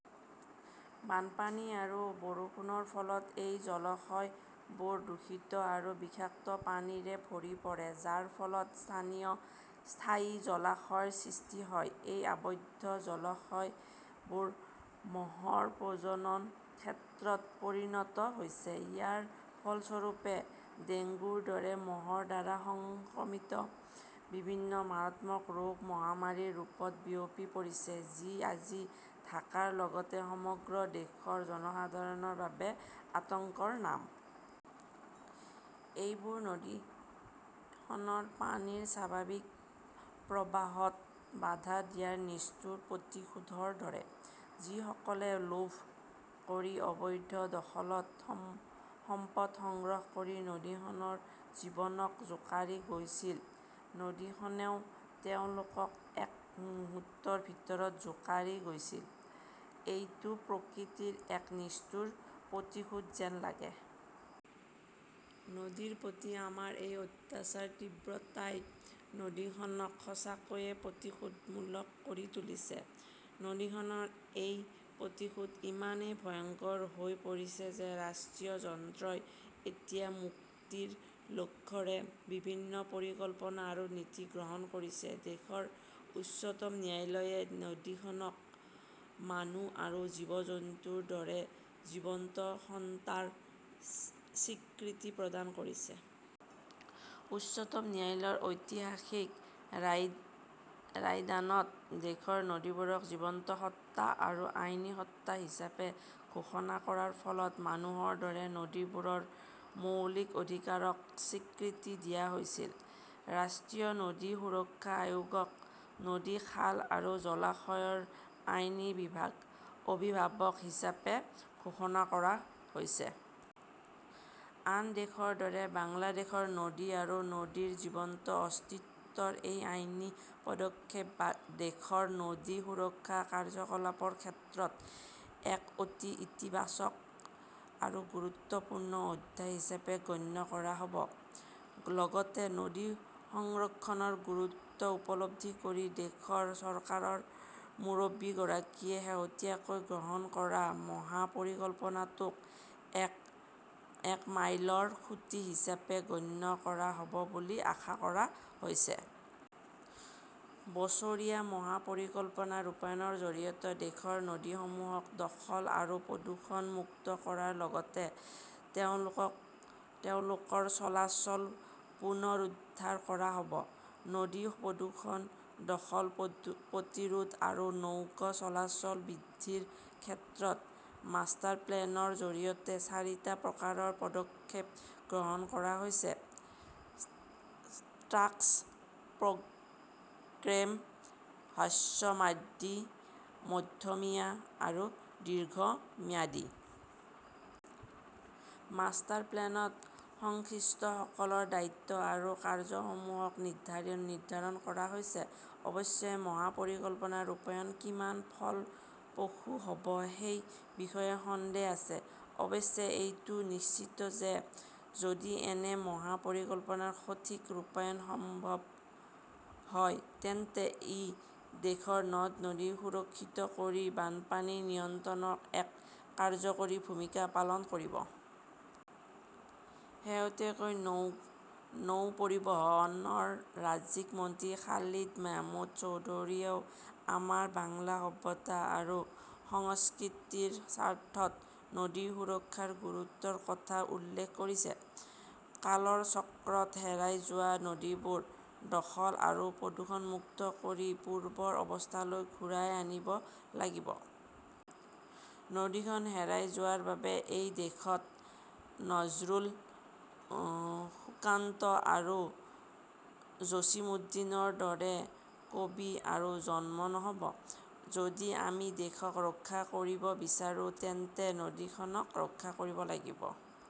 বানপানী আৰু বৰষুণৰ ফলত এই জলাশয়বোৰ দূষিত আৰু বিষাক্ত পানীৰে ভৰি পৰে, যাৰ ফলত স্থায়ী জলাশয়ৰ সৃষ্টি হয়। এই আবদ্ধ জলাশয়বোৰ মহৰ প্ৰজননৰ ক্ষেত্ৰত পৰিণত হৈছে। ইয়াৰ ফলস্বৰূপে, ডেংগুৰ দৰে মহৰ দ্বাৰা সংক্ৰমিত বিভিন্ন মাৰাত্মক ৰোগ মহামাৰীৰ ৰূপত বিয়পি পৰিছে, যি আজি ঢাকাৰ লগতে সমগ্ৰ দেশৰ জনসাধাৰণৰ বাবে আতংকৰ নাম। এইবোৰ নদীখনৰ পানীৰ স্বাভাৱিক প্ৰবাহত বাধা দিয়াৰ নিষ্ঠুৰ প্ৰতিশোধৰ দৰে। যিসকলে লোভ কৰি অবৈধ দখলত সম্পদ সংগ্ৰহ কৰি নদীখনৰ জীৱনক জোকাৰি গৈছিল, নদীখনেও তেওঁলোকক এক মুহূৰ্তৰ ভিতৰত জোকাৰি গৈছিল। এইটো প্ৰকৃতিৰ এক নিষ্ঠুৰ প্ৰতিশোধ যেন লাগে। নদীৰ প্ৰতি আমাৰ এই অত্যাচাৰৰ তীব্ৰতাই নদীখনক সঁচাকৈয়ে প্ৰতিশোধমূলক কৰি তুলিছে। নদীখনৰ এই প্ৰতিশোধ ইমানেই ভয়ংকৰ হৈ পৰিছে যে ৰাষ্ট্ৰীয় যন্ত্ৰই এতিয়া মুক্তিৰ লক্ষ্যৰে বিভিন্ন পৰিকল্পনা আৰু নীতি গ্ৰহণ কৰিছে। দেশৰ উচ্চতম ন্যায়ালয়ে নদীখনক মানুহ বা জীৱ-জন্তুৰ দৰে জীৱন্ত সত্তাৰ স্বীকৃতি প্ৰদান কৰিছে। উচ্চতম ন্যায়ালয়ৰ ঐতিহাসিক ৰায়দানত দেশৰ নদীবোৰক জীৱন্ত সত্তা আৰু আইনী সত্তা হিচাপে ঘোষণা কৰাৰ ফলত মানুহৰ দৰে নদীবোৰৰ মৌলিক অধিকাৰক স্বীকৃতি দিয়া হৈছিল। ৰাষ্ট্ৰীয় নদী সুৰক্ষা আয়োগক নদী, খাল আৰু জলাশয়ৰ আইনী অভিভাৱক হিচাপে ঘোষণা কৰা হৈছে। আন দেশৰ দৰে বাংলাদেশৰ নদী আৰু নদীৰ জীৱন্ত অস্তিত্বৰ এই আইনী পদক্ষেপক দেশৰ নদী সুৰক্ষা কাৰ্যকলাপৰ ক্ষেত্ৰত এক অতি ইতিবাচক আৰু গুৰুত্বপূৰ্ণ অধ্যায় হিচাপে গণ্য কৰা হ'ব। লগতে নদী সংৰক্ষণৰ গুৰুত্ব উপলব্ধি কৰি দেশৰ চৰকাৰৰ মুৰব্বীগৰাকীয়ে শেহতীয়াকৈ গ্ৰহণ কৰা মহা পৰিকল্পনাটোও এক মাইলৰ খুঁটি হিচাপে গণ্য কৰা হ'ব বুলি আশা কৰা হৈছে। বছৰীয়া মহা পৰিকল্পনা ৰূপায়ণৰ জৰিয়তে দেশৰ নদীসমূহক দখল আৰু প্ৰদূষণমুক্ত কৰাৰ লগতে তেওঁলোকৰ চলাচল পুনৰুদ্ধাৰ কৰা হ'ব। নদী প্ৰদূষণ, দখল প্ৰতিৰোধ আৰু নৌ চলাচল বৃদ্ধিৰ ক্ষেত্ৰত মাষ্টাৰপ্লেনৰ জৰিয়তে চাৰিটা প্ৰকাৰৰ পদক্ষেপ গ্ৰহণ কৰা হৈছেঃ ক্ৰাছ প্ৰগ্ৰেম, হ্ৰস্বম্যাদী, মধ্যমীয়া আৰু দীৰ্ঘম্যাদী। মাষ্টাৰ প্লেনত সংশ্লিষ্টসকলৰ দায়িত্ব আৰু কাৰ্য্যসমূহও নিৰ্ধাৰণ কৰা হৈছে। অৱশ্যে মহা পৰিকল্পনাৰ ৰূপায়ণ কিমান ফলপ্ৰসূ হ'ব সেই বিষয়ে সন্দেহ আছে। অৱশ্যে, এইটো নিশ্চিত যে যদি এনে মহা পৰিকল্পনাৰ সঠিক ৰূপায়ণ সম্ভৱ হয়, তেন্তে ই দেশৰ নদ-নদী সুৰক্ষিত কৰি বানপানী নিয়ন্ত্ৰণত এক কাৰ্যকৰী ভূমিকা পালন কৰিব। শেহতীয়াকৈ নৌ পৰিবহণৰ ৰাজ্যিক মন্ত্ৰী খালিদ মাহমুদ চৌধুৰীয়েও আমাৰ বাংলা সভ্যতা আৰু সংস্কৃতিৰ স্বাৰ্থত নদী সুৰক্ষাৰ গুৰুত্বৰ কথা উল্লেখ কৰিছে। "কালৰ চক্ৰত হেৰাই যোৱা নদীবোৰ দখল আৰু প্ৰদূষণমুক্ত কৰি পূৰ্বৰ অৱস্থালৈ ঘূৰাই আনিব লাগিব"। নদীখন হেৰাই যোৱাৰ বাবে এই দেশত নজৰুল, সুকান্ত আৰু জছিমুদ্দিনৰ দৰে কবিৰ আৰু জন্ম নহ'ব। যদি আমি দেশক ৰক্ষা কৰিব বিচাৰো তেন্তে নদীখনক ৰক্ষা কৰিব লাগিব।